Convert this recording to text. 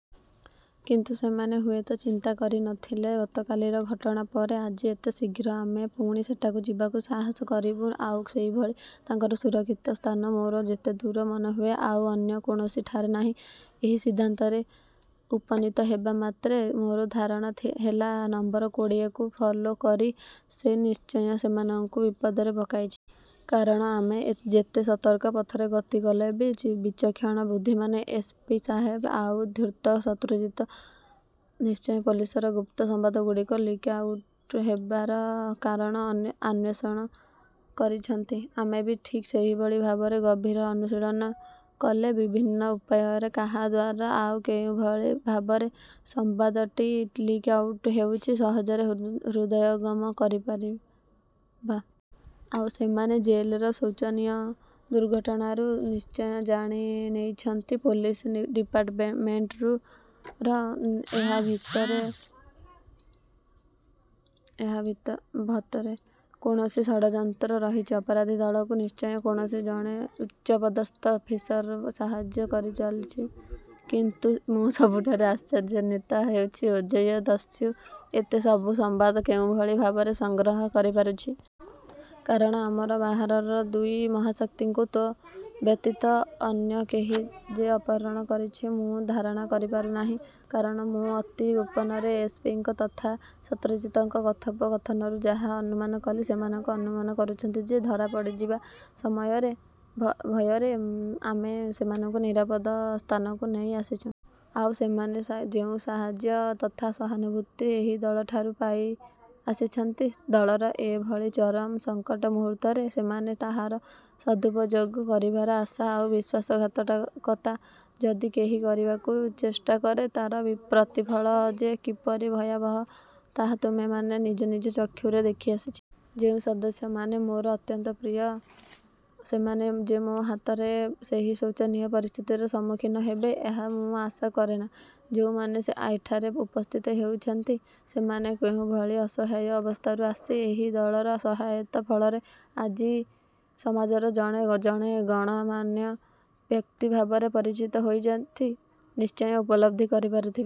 କିନ୍ତୁ ସେମାନେ ହୁଏତ ଚିନ୍ତା କରି ନ ଥିଲେ ଗତକାଲିର ଘଟଣା ପରେ ଆଜି ଏତେ ଶୀଘ୍ର ଆମେ ପୁଣି ସେଠାକୁ ଯିବାକୁ ସାହସ କରିବୁଁ ଆଉ ସେହିଭଳି ତାଙ୍କର ସୁରକ୍ଷିତ ସ୍ଥାନ ମୋର ଯେତେଦୂର ମନେହୁଏ ଆଉ ଅନ୍ୟ କୌଣସିଠାରେ ନାହିଁ। ଏହି ସିଦ୍ଧାନ୍ତରେ ଉପନୀତ ହେବା ମାତ୍ରେ ମୋର ଧାରଣା ହେଲା ନମ୍ବର କୋଡ଼ିଏକୁ ଫଲୋ କରି ସେ ନିଶ୍ଚୟ ସେମାନଙ୍କୁ ବିପଦରେ ପକାଇଛି। କାରଣ ଆମେ ଯେତେ ସତର୍କ ପଥରେ ଗତି କଲେ ବି ବିଚକ୍ଷଣ ବୁଦ୍ଧିମାନ ଏସ୍ ପି ସାହେବ ଆଉ ଧୂର୍ତ୍ତ ଶତ୍ରୁଜିତ ନିଶ୍ଚୟ ପୋଲିସର ଗୁପ୍ତ ସମ୍ବାଦଗୁଡ଼ିକ ଲିକ୍ଆ ଉଟ୍ ହେବାର କାରଣ ଆନ୍ୱେଷଣ କରିଛନ୍ତି। ଆମେ ବି ଠିକ୍ ସେହିଭଳି ଭାବରେ ଗଭୀର ଅନୁଶୀଳନ କଲେ ବିଭିନ୍ନ ଉପାୟରେ କାହା ଦ୍ୱାରା ଆଉ କେଉଁଭଳି ଭାବରେ ସମ୍ବାଦଟି ଲିକ୍ଆ ଉଟ୍ ହେଉଛି, ସହଜରେ ହୃଦୟଙ୍ଗମ କରି ପାରିବା। ଆଉ ସେମାନେ ଜେଲର ଶୋଚନୀୟ ଦୁର୍ଘଟଣାଠାରୁ ନିଶ୍ଚୟ ଜାଣି ନେଇଛନ୍ତି ପୋଲିସ ଡିପାର୍ଟମେଣ୍ଟର ଏହା ଭତରେ କୌଣସି ଷଡ଼ଯନ୍ତ୍ର ରହିଛି। ଅପରାଧୀ ଦଳକୁ ନିଶ୍ଚୟ କୌଣସି ଜଣେ ଉଚ୍ଚପଦସ୍ଥ ଅଫିସର ସାହାଯ୍ୟ କରିଚାଲିଛି। କିନ୍ତୁ ମୁଁ ସବୁଠାରୁ ଆଶ୍ଚର୍ଯ୍ୟାନ୍ୱତ ହେଉଛି, ଅଜୟ ଦସ୍ୟୁ ଏତେ ସବୁ ସମ୍ବାଦ କେଉଁଭଳି ଭାବରେ ସଂଗ୍ରହ କରି ପାରୁଛି। କାରଣ ଆମର ବାହାରର ଦୁଇ ମହାଶକ୍ତିଙ୍କୁ ତ ବ୍ୟତୀତ ଅନ୍ୟ କେହି ଯେ ଅପହରଣ କରିଛି ମୁଁ ଧାରଣା କରି ପାରୁ ନାହିଁ। କାରଣ ମୁଁ ଅତି ଗୋପନରେ ଏସ୍. ପି ଙ୍କ ତଥା ଶତ୍ରୁଜିତଙ୍କ କଥୋପ କଥନରୁ ଯାହା ଅନୁମାନ କଲି, ସେମାନେ ଅନୁମାନ କରୁଛନ୍ତି ଯେ, ଧରା ପଡ଼ିଯିବା ସମୟରେ ଭୟରେ ଆମେ ସେମାନଙ୍କୁ ନିରାପଦ ସ୍ଥାନକୁ ନେଇ ଆସିଛୁ। ଆଉ ସେମାନେ ଯେଉଁ ସାହାଯ୍ୟ ତଥା ସହାନୁଭୂତି ଏହି ଦଳଠାରୁ ପାଇ ଆସିଛନ୍ତି, ଦଳର ଏ ଭଳି ଚରମ ସଂକଟ ମୁହୂର୍ତ୍ତରେ ସେମାନେ ତାହାର ସଦୁପଯୋଗ। କରିବାର ଆଶା। ଆଉ ବିଶ୍ୱାସଘାତକତା ଯଦି କେହି କରିବାକୁ ଚେଷ୍ଟା କରେ ତାର ପ୍ରତିଫଳ ଯେ କିପରି ଭୟାବହ ତାହା ତୁମେମାନେ ନିଜ ନିଜ ଚକ୍ଷୁରେ ଦେଖି ଆସିଛି। ଯେଉଁ ସଦସ୍ୟମାନେ ମୋର ଅତ୍ୟନ୍ତ ପ୍ରିୟ ସେମାନେ ଯେ ମୋ ହାତରେ ସେହି ଶୋଚନୀୟ ପରିସ୍ଥିତିର ସମ୍ମୁଖୀନ ହେବେ, ଏହା ମୁଁ ଆଶା କରେନା। ଯେଉଁମାନେ ଏଠାରେ ଉପସ୍ଥିତ ହୋଇଛନ୍ତି, ସୋମାନେ କେଉଁଭଳି ଅସହାୟ ଅବସ୍ଥାରୁ ଆସି ଏହି ଦଳର ସହାୟତା ଫଳରେ ଆଜି ସମାଜର ଜଣେ ଜଣେ ଗଣ୍ୟମାନ୍ୟ ବ୍ୟକ୍ତି ଭାବରେ ପରିଚିତ ହୋଇଛନ୍ତି ନିଶ୍ଚୟ ଉପଲବ୍ଧି କରି ପାରୁଥିବେ।